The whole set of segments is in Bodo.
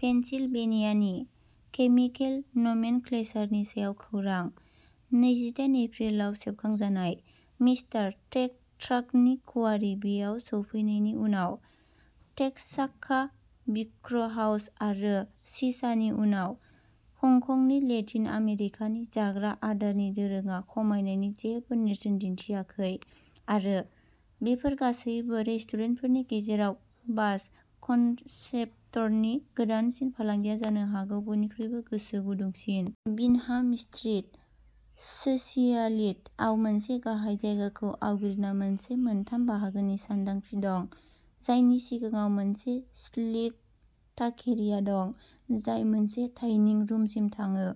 पेनसिलभेनियानि। केमिकेल नमेनक्लेचारनि सायाव खौरां। नैजिदायेन एप्रिल आव सेबखांजानाय। मिस्टार टेक'ट्राकनि क्वारी बेआव सफैनायनि उनाव, टेक'चाका, ब्रिकहाउस आरो चिचानि उनाव, हंकंनि लेटिन आमेरिकानि जाग्रा आदारनि दोरोंआ खमायनायनि जेबो नेरसोन दिन्थियाखै। आरो, बेफोर गासैबो रेस्टुरेन्टफोरनि गेजेराव, बाज कन्सेप्ट्सनि गोदानसिन फालांगिया जानो हागौ बयनिख्रुइबो गोसो गुदुंसिन। विन्डहाम स्ट्रीट, सोसियालित' आव मोनसे गाहाय जायगाखौ आवग्रिना मोनसे मोनथाम बाहागोनि सानदांथि दं, जायनि सिगाङाव मोनसे स्लिक टाकेरिया दं, जाय मोनसे डाइनिं रुमसिम थाङो,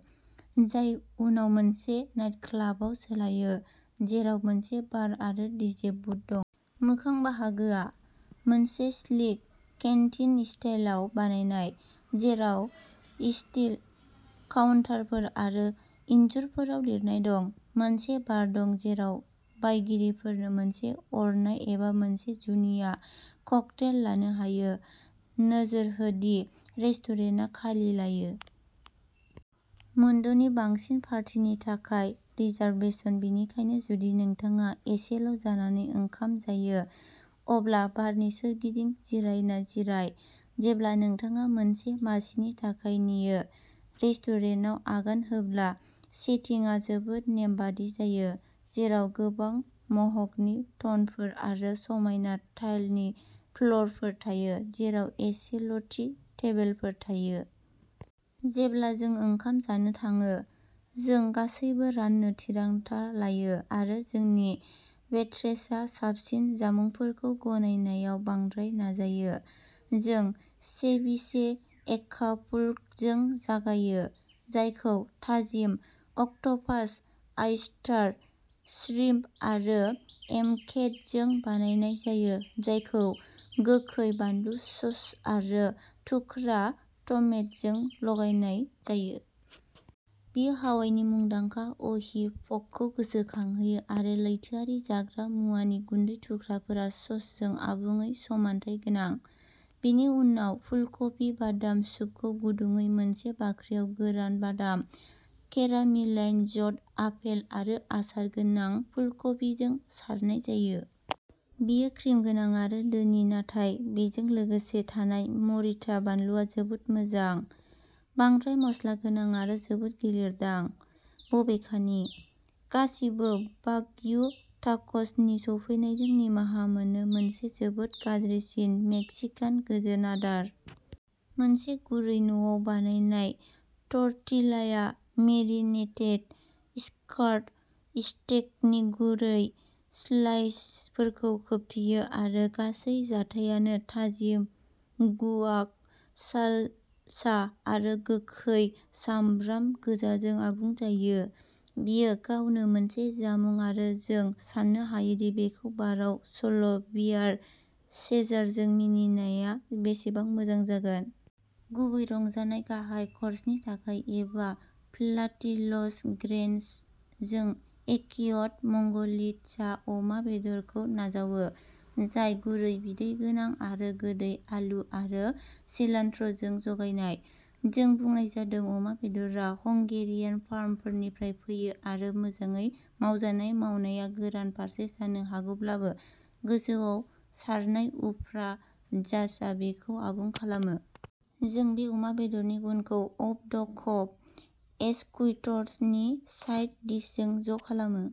जाय उनाव मोनसे नाइटक्लाबाव सोलायो, जेराव मोनसे बार आरो डीजे बुथ दं। मोखां बाहागोआ, मोनसे स्लिक केन्टिन स्टाइलआव बानायनाय, जेराव स्टील काउन्टारफोर आरो इन्जुरफोराव लिरनाय दं, मोनसे बार दं जेराव बायगिरिफोरनो मोनसे अरनाय एबा मोनसे जुनिया ककटेल लानो हायो। नोजोर हो दि रेस्टुरेन्टआ खालि लायो। मोनद'नि बांसिन पार्टिनि थाखाय रिजार्भेसन-बेनिखायनो जुदि नोंथाङा एसेल' जानानै ओंखाम जायो, अब्ला बारनि सोरगिदिं जिरायना जिराय, जेब्ला नोंथाङा मोनसे मासिनि थाखाय नेयो। रेस्टुरेन्टआव आगान होब्ला सेटिंआ जोबोद नेमबादि जायो, जेराव गोबां मह'गनि टनफोर आरो समायना टाइलनि फ्ल'रफोर थायो, जेराव एसेल'थि टेबोलफोर थायो। जेब्ला जों ओंखाम जानो थाङो, जों गासैबो राननो थिरांथा लायो आरो जोंनि वेट्रेसआ साबसिन जामुंफोरखौ गनायनायाव बांद्राय नाजायो। जों सेभिचे एकापुल्क' जों जागायो, जायखौ थाजिम अक्ट'पास, आयस्टार, श्रिंप आरो एभ'केड'जों बानायनाय जायो, जायखौ गोखै बानलु सस आरो थुख्रा टमेट'जों गलायनाय जायो। बेयो हावाइनि मुंदांखा अहि पकखौ गोसोखांहोयो आरो लैथोआरि जाग्रा मुवानि गुन्दै थुख्राफोरा ससजों आबुङै समानथाय गोनां। बेनि उनाव फुलकबि बादाम सुप खौ गुदुंयै मोनसे बाख्रियाव गोरान बादाम, केरामेलाइज्ड आपेल आरो आसार गोनां फुलकबिजों सारनाय जायो। बेयो क्रिम गोनां आरो धोनि नाथाय बेजों लोगोसे थानाय मरिटा बानलुआ जोबोद मोजां। बांद्राय मस्लागोनां आरो जोबोद गिलिर दां। बबेखानि, गासिबो वाग्यु टाक'स नि सौफैनायजों निमाहा मोनो मोनसे जोबोद गाज्रिसिन मेक्सिकान गोजोन आदार। मोनसे गुरै न'आव बानायनाय टर्टिलाया मेरिनेटेड स्कार्ट स्टेकनि गुरै स्लाइसफोरखौ खोबथेयो आरो गासै जाथायानो थाजिम गुआक, सालसा आरो गोखै सामब्राम गोजाजों आबुं जायो। बेयो गावनो मोनसे जामुं आरो जों साननो हायोदि बेखौ बारआव स'ल बियार चेजारजों मिनिनाया बेसेबां मोजां जागोन। गुबै रंजानाय गाहाय क'र्सनि थाखाय एबा' प्लाटिल'स ग्रेन्डेस' जों एकिय'ट मंगलित्सा अमा बेदरखौ नाजावो, जाय गुरै, बिदै गोनां आरो गोदै आलु आरो सिलान्ट्र'जों जगायनाय। जों बुंनाय जादों अमा बेदरआ हंगेरियान फार्मफोरनिफ्राय फैयो आरो मोजाङै मावजानाय मावनाया गोरान फारसे जानो हागौब्लाबो, गोजौआव सारनाय उफ्रा जासआ बेखौ आबुं खालामो। जों बे अमा बेदरनि गुनखौ अफ द कब एस्कुइट्स नि साइड डिशजों ज'खालामो।